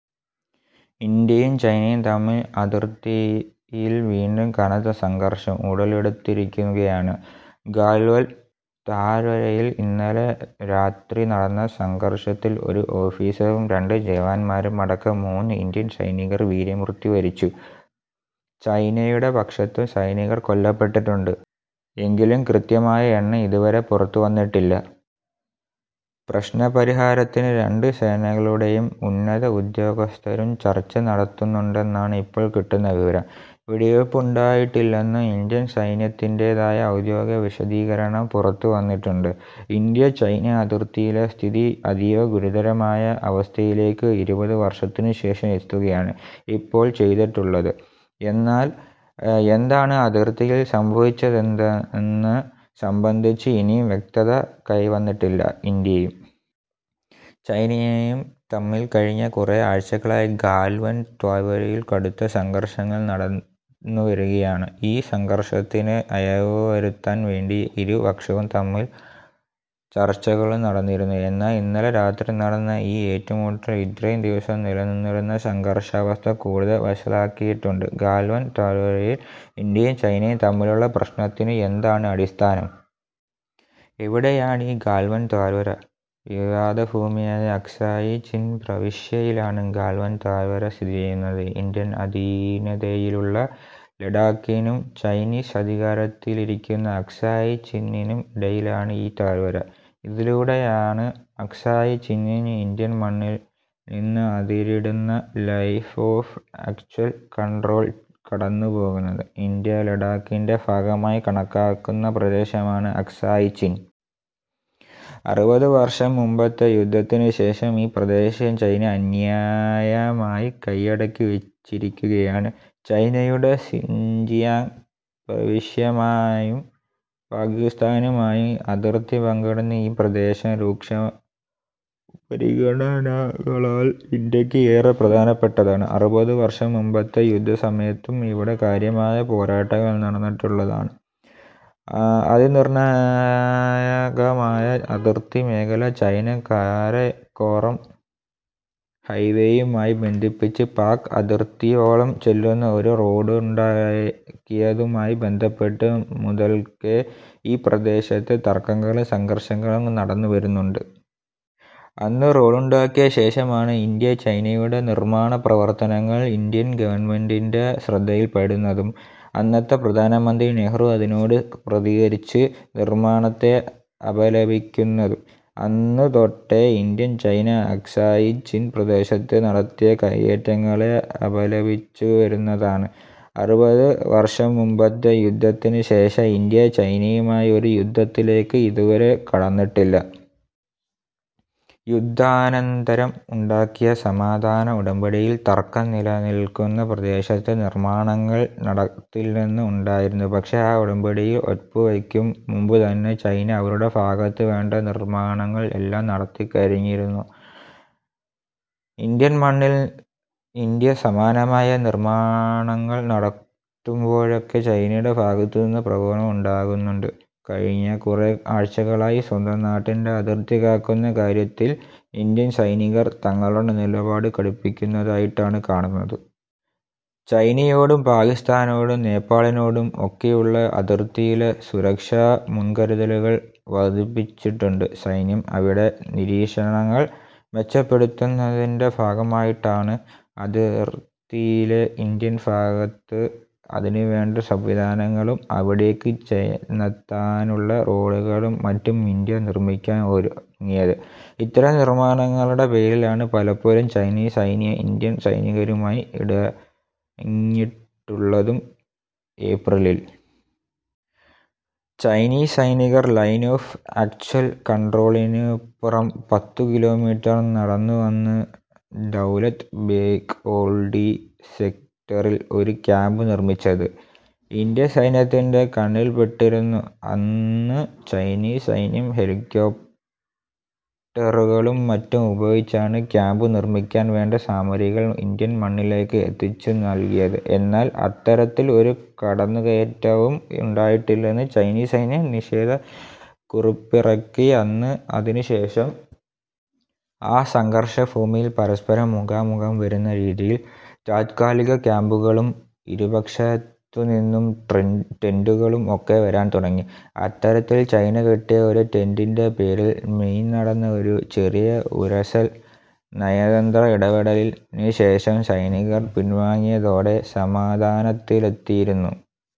ഇന്ത്യയും ചൈനയും തമ്മിൽ അതിർത്തിയിൽ വീണ്ടും കനത്ത സംഘർഷം ഉടലെടുത്തിരിക്കുകയാണ്. ഗാൽവൻ താഴ്വരയിൽ ഇന്നലെ രാത്രി നടന്ന സംഘർഷത്തിൽ ഒരു ഓഫീസറും രണ്ടു ജവാന്മാരും അടക്കം മൂന്ന് ഇന്ത്യൻ സൈനികർ വീരമൃത്യു വരിച്ചു. ചൈനയുടെ പക്ഷത്തും സൈനികർ കൊല്ലപ്പെട്ടിട്ടുണ്ട് എങ്കിലും കൃത്യമായ എണ്ണം ഇതുവരെ പുറത്തുവന്നിട്ടില്ല. പ്രശ്നപരിഹാരത്തിന് രണ്ട് സേനകളുടെയും ഉന്നത ഉദ്യോഗസ്ഥരും ചർച്ച നടത്തുന്നുണ്ടെന്നാണ് ഇപ്പോൾ കിട്ടുന്ന വിവരം. വെടിവയ്പ് ഉണ്ടായിട്ടില്ലെന്നും ഇന്ത്യൻ സൈന്യത്തിന്റേതായ ഔദ്യോഗിക വിശദീകരണം പുറത്തുവന്നിട്ടുണ്ട്. ഇന്ത്യ ചൈന അതിർത്തിയിലെ സ്ഥിതി അതീവഗുരുതരമായ അവസ്ഥയിലേക്ക് ഇരുപത് വർഷത്തിന് ശേഷം എത്തുകയാണ് ഇപ്പോൾ ചെയ്തിട്ടുള്ളത്. എന്നാൽ എന്താണ് അതിർത്തിയിൽ സംഭവിച്ചതെന്തന്ന് സംബന്ധിച്ച് ഇനിയും വ്യക്തത കൈവന്നിട്ടില്ല. ഇന്ത്യയും ചൈനയേയും തമ്മിൽ കഴിഞ്ഞ കുറെ ആഴ്ചകളായി ഗാൽവൻ താഴ്വരയിൽ കടുത്ത സംഘർഷങ്ങൾ നടന്നുവരികയാണ്. ഈ സംഘർഷത്തിന് അയവുവരുത്താൻ വേണ്ടി ഇരു പക്ഷവും തമ്മിൽ ചർച്ചകളും നടന്നിരുന്നു. എന്നാൽ ഇന്നലെ രാത്രി നടന്ന ഈ ഏറ്റുമുട്ടൽ ഇത്രയും ദിവസം നിലനിന്നിരുന്ന സംഘർഷാവസ്ഥ കൂടുതൽ വഷളാക്കിയിട്ടുണ്ട്. ഗാൽവൻ താഴ്വരയിൽ ഇന്ത്യയും ചൈനയും തമ്മിലുള്ള പ്രശ്നത്തിന് എന്താണ് അടിസ്ഥാനം? എവിടെയാണീ ഗാൽവൻ താഴ്വര? വിവാദഭൂമിയായ അക്സായി ചിൻ പ്രവിശ്യയിലാണ് ഗാൽവൻ താഴ്വര സ്ഥിതി ചെയ്യുന്നത്. ഇന്ത്യൻ അധീനതയിലുള്ള ലഡാക്കിനും ചൈനീസ് അധികാരത്തിലിരിക്കുന്ന അക്സായി ചിനിനും ഇടയിലാണ് ഈ താഴ്വര. ഇതിലൂടെയാണ് അക്സായി ചിന്നിന് ഇന്ത്യൻ മണ്ണിൽ നിന്ന് അതിരിടുന്ന ലൈഫോഫ് ആക്ച്വൽ കൺട്രോൾ കടന്നുപോകുന്നത്. ഇന്ത്യ ലഡാക്കിൻ്റെ ഭാഗമായി കണക്കാക്കുന്ന പ്രദേശമാണ് അക്സായി ചിൻ. അറുപത് വർഷം മുൻപത്തെ യുദ്ധത്തിന് ശേഷം ഈ പ്രദേശം ചൈന അന്യായമായി കയ്യടക്കി വെച്ചിരിക്കുകയാണ്. ചൈനയുടെ സിൻജിയാങ് പ്രവിശ്യമായും പാകിസ്ഥാനുമായും അതിർത്തി പങ്കിടുന്ന ഈ പ്രദേശം രൂക്ഷാ പരിഗണനകളാൽ ഇന്ത്യക്ക് ഏറെ പ്രധാനപ്പെട്ടതാണ്. അറുപത് വർഷം മുൻപത്തെ യുദ്ധസമയത്തും ഇവിടെ കാര്യമായ പോരാട്ടങ്ങൾ നടന്നിട്ടുള്ളതാണ്. അ അതിനിർണായകമായ അതിർത്തി മേഖല ചൈന കാരക്കോറം ഹൈവേയുമായി ബന്ധിപ്പിച്ച് പാക് അതിർത്തിയോളം ചെല്ലുന്ന ഒരു റോഡുണ്ടാക്കിയതുമായി ബന്ധപ്പെട്ട് മുതൽക്കേ ഈ പ്രദേശത്ത് തർക്കങ്ങളും സംഘർഷങ്ങളും നടന്നുവരുന്നുണ്ട്. അന്ന് റോഡുണ്ടാക്കിയ ശേഷമാണ് ഇന്ത്യ ചൈനയുടെ നിർമാണ പ്രവർത്തനങ്ങൾ ഇന്ത്യൻ ഗവൺമെന്റിൻ്റെ ശ്രദ്ധയിൽപ്പെടുന്നതും അന്നത്തെ പ്രധാനമന്ത്രി നെഹ്റു അതിനോട് പ്രതികരിച്ച് നിർമാണത്തെ അപലപിക്കുന്നതും. അന്നുതൊട്ടേ ഇന്ത്യ ചൈന അക്സായി ചിൻ പ്രദേശത്ത് നടത്തിയ കയ്യേറ്റങ്ങളെ അപലപിച്ചുവരുന്നതാണ്. അറുപത് വർഷം മുൻപത്തെ യുദ്ധത്തിന് ശേഷം ഇന്ത്യ ചൈനയുമായി ഒരു യുദ്ധത്തിലേക്ക് ഇതുവരെ കടന്നിട്ടില്ല. യുദ്ധാനന്തരം ഉണ്ടാക്കിയ സമാധാന ഉടമ്പടിയിൽ തർക്കം നിലനിൽക്കുന്ന പ്രദേശത്ത് നിർമാണങ്ങൾ നടത്തില്ലെന്ന് ഉണ്ടായിരുന്നു. പക്ഷേ ആ ഉടമ്പടിയിൽ ഒപ്പുവെക്കും മുമ്പുതന്നെ ചൈന അവരുടെ ഫാഗത്ത് വേണ്ട നിർമാണങ്ങൾ എല്ലാം നടത്തിക്കഴിഞ്ഞിരുന്നു. ഇന്ത്യൻ മണ്ണിൽ ഇന്ത്യ സമാനമായ നിർമാണങ്ങൾ നടത്തുമ്പോഴൊക്കെ ചൈനയുടെ ഫാഗത്തുനിന്ന് പ്രകോപനങ്ങൾ ഉണ്ടാകുന്നുണ്ട്. കഴിഞ്ഞ കുറെ ആഴ്ചകളായി സ്വന്തം നാടിൻ്റെ അതിർത്തി കാക്കുന്ന കാര്യത്തിൽ ഇന്ത്യൻ സൈനികർ തങ്ങളുടെ നിലപാട് കടുപ്പിക്കുന്നതായിട്ടാണ് കാണുന്നത്. ചൈനയോടും പാകിസ്താനോടും നേപ്പാളിനോടും ഒക്കെയുള്ള അതിർത്തിയിലെ സുരക്ഷാ മുൻകരുതലുകൾ വർധിപ്പിച്ചിട്ടുണ്ട് സൈന്യം. അവിടെ നിരീക്ഷണങ്ങൾ മെച്ചപ്പെടുത്തുന്നതിൻ്റെ ഫാഗമായിട്ടാണ് അതിർത്തിയിലെ ഇന്ത്യൻ ഫാഗത്ത് അതിനുവേണ്ട സംവിധാനങ്ങളും അവിടേക്ക് ചെന്നെത്താനുള്ള റോഡുകളും മറ്റും ഇന്ത്യ നിർമിക്കാൻ ഒരുങ്ങിയത്. ഇത്തരം നിർമാണങ്ങളുടെ പേരിലാണ് പലപ്പോഴും ചൈനീസ് സൈന്യം ഇന്ത്യൻ സൈനികരുമായി ഇടഞ്ഞിട്ടുള്ളതും. ഏപ്രിലിൽ ചൈനീസ് സൈനികർ ലൈൻ ഓഫ് ആക്ച്വൽ കൺട്രോളിനിപ്പുറം പത്തുകിലോമീറ്റർ നടന്നുവന്ന് ദൗലത് ബേഗ് ഓൾഡി സെക്ടറിൽ ഒരു ക്യാമ്പ് നിർമിച്ചത് ഇന്ത്യൻ സൈന്യത്തിൻ്റെ കണ്ണിൽപ്പെട്ടിരുന്നു. അന്ന് ചൈനീസ് സൈന്യം ഹെലികോപ്റ്ററുകളും മറ്റും ഉപയോഗിച്ചാണ് ക്യാമ്പ് നിർമിക്കാൻ വേണ്ട സാമഗ്രികൾ ഇന്ത്യൻ മണ്ണിലേക്ക് എത്തിച്ചുനൽകിയത്. എന്നാൽ അത്തരത്തിൽ ഒരു കടന്നുകയറ്റവും ഉണ്ടായിട്ടില്ലെന്ന് ചൈനീസ് സൈന്യം നിഷേധക്കുറിപ്പിറക്കി അന്ന്. അതിനുശേഷം ആ സംഘർഷഭൂമിയിൽ പരസ്പരം മുഖാമുഖം വരുന്ന രീതിയിൽ താത്കാലിക ക്യാമ്പുകളും ഇരുപക്ഷത്തുനിന്നും ട്ര ടെന്റുകളും ഒക്കെ വരാൻ തുടങ്ങി. അത്തരത്തിൽ ചൈന കെട്ടിയ ഒരു ടെന്റിൻ്റെ പേരിൽ മെയിൽ നടന്ന ഒരു ചെറിയ ഉരസൽ നയതന്ത്ര ഇടപെടലിൽ ന് ശേഷം സൈനികർ പിൻവാങ്ങിയതോടെ സമാധാനത്തിലെത്തിയിരുന്നു.